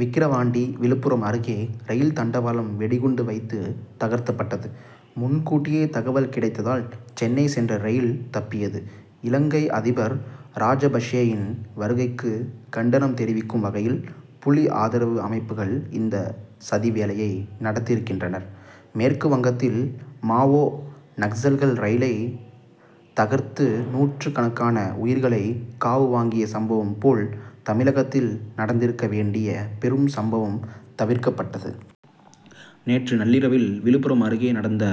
விக்கிரவாண்டி விழுப்புரம் அருகே ரயில் தண்டவாளம் வெடிகுண்டு வைத்து தகர்க்கப்பட்டது. முன்கூட்டியே தகவல் கிடைத்ததால் சென்னை சென்ற ரயில் தப்பியது. இலங்கை அதிபர் ராஜபக்ஷேயின் வருகைக்கு கண்டனம் தெரிவிக்கும் வகையில் புலி ஆதரவு அமைப்புகள் இந்த சதி வேலையை நடத்தியிருக்கின்றனர். மேற்குவங்கத்தில் மாவோ., நக்சல்கள் ரயிலை தகர்த்து நூற்றுக்கணக்கான உயிர்களை காவு வாங்கிய சம்பவம் போல், தமிழகத்தில் நடந்திருக்க வேண்டிய பெரும் சம்பவம் தவிர்க்கப்பட்டது. நேற்று நள்ளிரவில் விழுப்புரம் அருகே நடந்த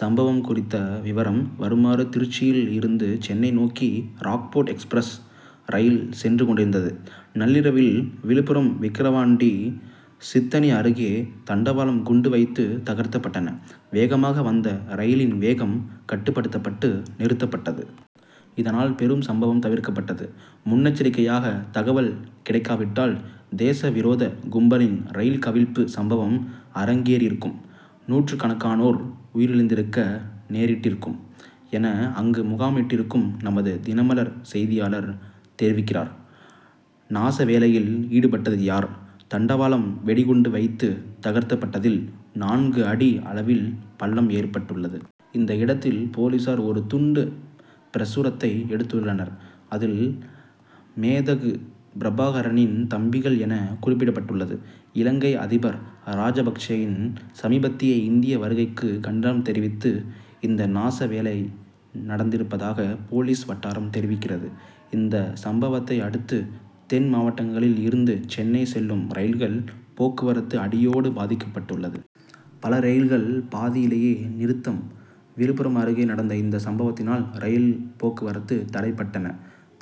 சம்பவம் குறித்த விவரம் வருமாறு திருச்சியில் இருந்து சென்னை நோக்கி ராக்போர்ட் எக்ஸ்பிரஸ் ரயில் சென்று கொண்டிருந்தது. நள்ளிரவில் விழுப்புரம் விக்கிரவாண்டி சித்தனி அருகே தண்டவாளம் குண்டு வைத்து தகர்க்கப்பட்டன. வேகமாக வந்த ரயிலின் வேகம் கட்டுப்படுத்தப்பட்டு நிறுத்தப்பட்டது. இதனால் பெரும் சம்பவம் தவிர்க்கப்பட்டது. முன்னெச்சரிக்கையாக தகவல் கிடைக்காவிட்டால் தேச விரோத கும்பலின் ரயில் கவிழ்ப்பு சம்பவம் அரங்கேறியிருக்கும். நூற்றுக்கணக்கானோர் உயிரிழந்திருக்க நேரிட்டிருக்கும் என அங்கு முகாமிட்டிருக்கும் நமது தினமலர் செய்தியாளர் தெரிவிக்கிறார். நாசவேலையில் ஈடுபட்டது யார்? தண்டவாளம் வெடிகுண்டு வைத்து தகர்க்கப்பட்டதில் நான்கு அடி அளவில் பள்ளம் ஏற்பட்டுள்ளது. இந்த இடத்தில் போலீசார் ஒரு துண்டு பிரசுரத்தை எடுத்துள்ளனர். அதில் மேதகு பிரபாகரனின் தம்பிகள் என குறிப்பிடப்பட்டுள்ளது. இலங்கை அதிபர் ராஜபக்சேயின் சமீபத்திய இந்திய வருகைக்கு கண்டனம் தெரிவித்து இந்த நாச வேலை நடந்திருப்பதாக போலீஸ் வட்டாரம் தெரிவிக்கிறது. இந்த சம்பவத்தை அடுத்து தென் மாவட்டங்களில் இருந்து சென்னை செல்லும் ரயில்கள் போக்குவரத்து அடியோடு பாதிக்கப்பட்டுள்ளது. பல ரயில்கள் பாதியிலே நிறுத்தம் விழுப்புரம் அருகே நடந்த இந்த சம்பவத்தினால் ரயில் போக்குவரத்து தடைப்பட்டன.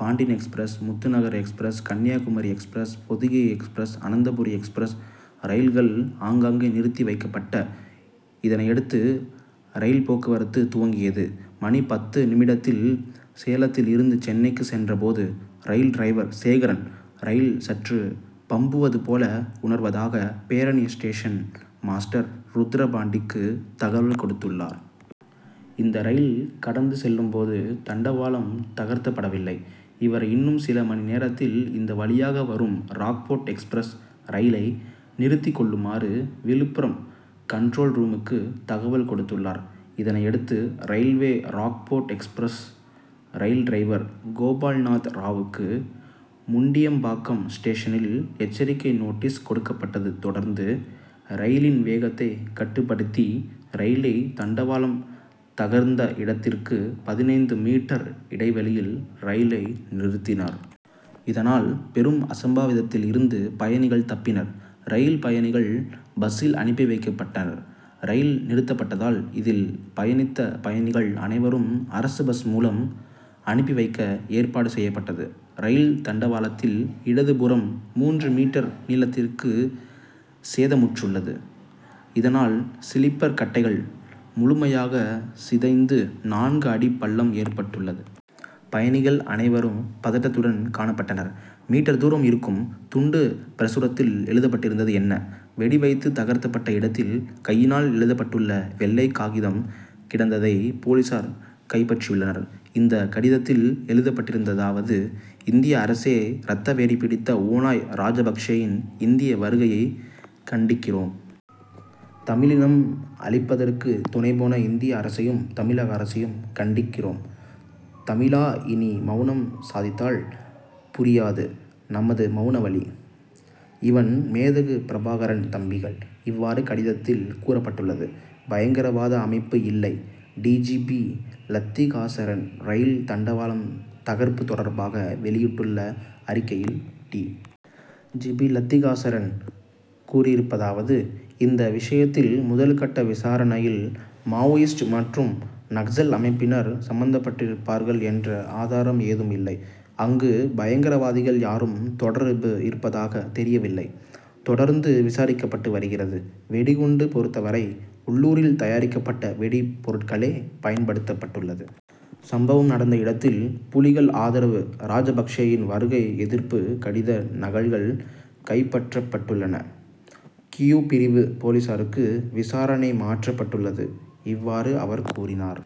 Pandian express, Muthunagar express, Kanyakumari express, Podhigai express, Ananthapuri express ரயில்கள் ஆங்காங்கே நிறுத்தி வைக்கப்பட்ட. இதனையடுத்து ரயில் போக்குவரத்து துவங்கியது. மணி. பத்து நிமிடத்தில் சேலத்தில் இருந்து சென்னைக்கு சென்ற போது ரயில் டிரைவர் சேகரன், ரயில் சற்று பம்முவதுபோல, உணர்வதாக பேரணி ஸ்டேஷன் மாஸ்டர் ருத்ரபாண்டிக்கு தகவல் கொடுத்துள்ளார். இந்த ரயில் கடந்து செல்லும்போது தண்டவாளம் தகர்க்கப்படவில்லை. இவர் இன்னும் சில மணி நேரத்தில் இந்த வழியாக வரும் ராக்போட் எக்ஸ்பிரஸ் ரயிலை நிறுத்திக்கொள்ளுமாறு விழுப்புரம் கன்ட்ரோல் ரூமுக்கு தகவல் கொடுத்துள்ளார். இதனையடுத்து railway Rockfort express rail driver Gopalnath ராவுக்கு முண்டியம்பாக்கம் ஸ்டேஷனில் எச்சரிக்கை நோட்டீஸ் கொடுக்கப்பட்டது தொடர்ந்து ரயிலின் வேகத்தை கட்டுப்படுத்தி ரயிலை தண்டவாளம் தகர்ந்த இடத்திற்கு பதினைந்து மீட்டர் இடைவெளியில் ரயிலை நிறுத்தினார். இதனால் பெரும் அசம்பாவிதத்தில் இருந்து பயணிகள் தப்பினர். ரயில் பயணிகள் பஸ்சில் அனுப்பி வைக்கப்படனர் ரயில் நிறுத்தப்பட்டதால் இதில் பயணித்த பயணிகள் அனைவரும் அரசு பஸ் மூலம் அனுப்பி வைக்க ஏற்பாடு செய்யப்பட்டது. ரயில் தண்டவாளத்தின் இடது புறம் மூன்று மீட்டர் நீளத்திற்கு சேதமுற்றுள்ளது. இதனால் சிலிப்பர் கட்டைகள் முழுமையாக சிதைந்து நான்கு அடிப்பள்ளம் ஏற்பட்டுள்ளது. பயணிகள் அனைவரும பதட்டத்துடன் காணப்பட்டனர். மீட்டர் தூரம் இருக்கும். துண்டு பிரசுரத்தில் எழுதப்பட்டிருந்தது என்ன? வெடி வைத்து தகர்க்கப்பட்ட இடத்தில் கையினால் எழுதப்பட்டுள்ள வெள்ளை காகிதம் கிடந்ததை போலீசார் கைப்பற்றியுள்ளனர், இந்த கடிதத்தில் எழுதப்பட்டிருந்ததாவது இந்திய அரசே ரத்த வெறி பிடித்த ஓநாய் ராஜபக்சேயின் இந்திய வருகையை கண்டிக்கிறோம். தமிழினம் அழிப்பதற்கு துணைபோன இந்திய அரசையும், தமிழக அரசையும் கண்டிக்கிறோம். தமிழா இனியும் மவுனம் சாதித்தால் புரியாது நமது மவுன வலி. இவண். மேதகு பிரபாகரன் தம்பிகள். இவ்வாறு கடிதத்தில் கூறப்பட்டுள்ளது. பயங்கரவாத அமைப்பு இல்லை D. G. P., Letika Saran rail தண்டவாளம் தகர்ப்பு தொடர்பாக வெளியிட்டுள்ள அறிக்கையில் டி. ஜி. பி., லத்திகாசரண் கூறியிருப்பதாவது இந்த விஷயத்தில் முதல்கட்ட விசாரணையில், மாவோயிஸ்ட் மற்றும் நக்சல் அமைப்பினர் சம்பந்தப்பட்டிருப்பார்கள் என்ற ஆதாரம் ஏதும் இல்லை. அங்கு பயங்கரவாதிகள் யாரும் தொடர்பு இருப்பதாக தெரியவில்லை, தொடர்ந்து விசாரிக்கப்பட்டு வருகிறது. வெடிகுண்டு பொறுத்த வரை உள்ளூரில் தயாரிக்கப்பட்ட வெடி பொருட்களே பயன்படுத்தப்பட்டுள்ளது. சம்பவம் நடந்த இடத்தில் புலிகள் ஆதரவு ராஜபக்சேவின் வருகை எதிர்ப்பு கடித நகல்கள் கைப்பற்றப்பட்டுள்ளன. கியூ பிரிவு போலீசாருக்கு விசாரணை மாற்றப்பட்டுள்ளது இவ்வாறு அவர் கூறினார்.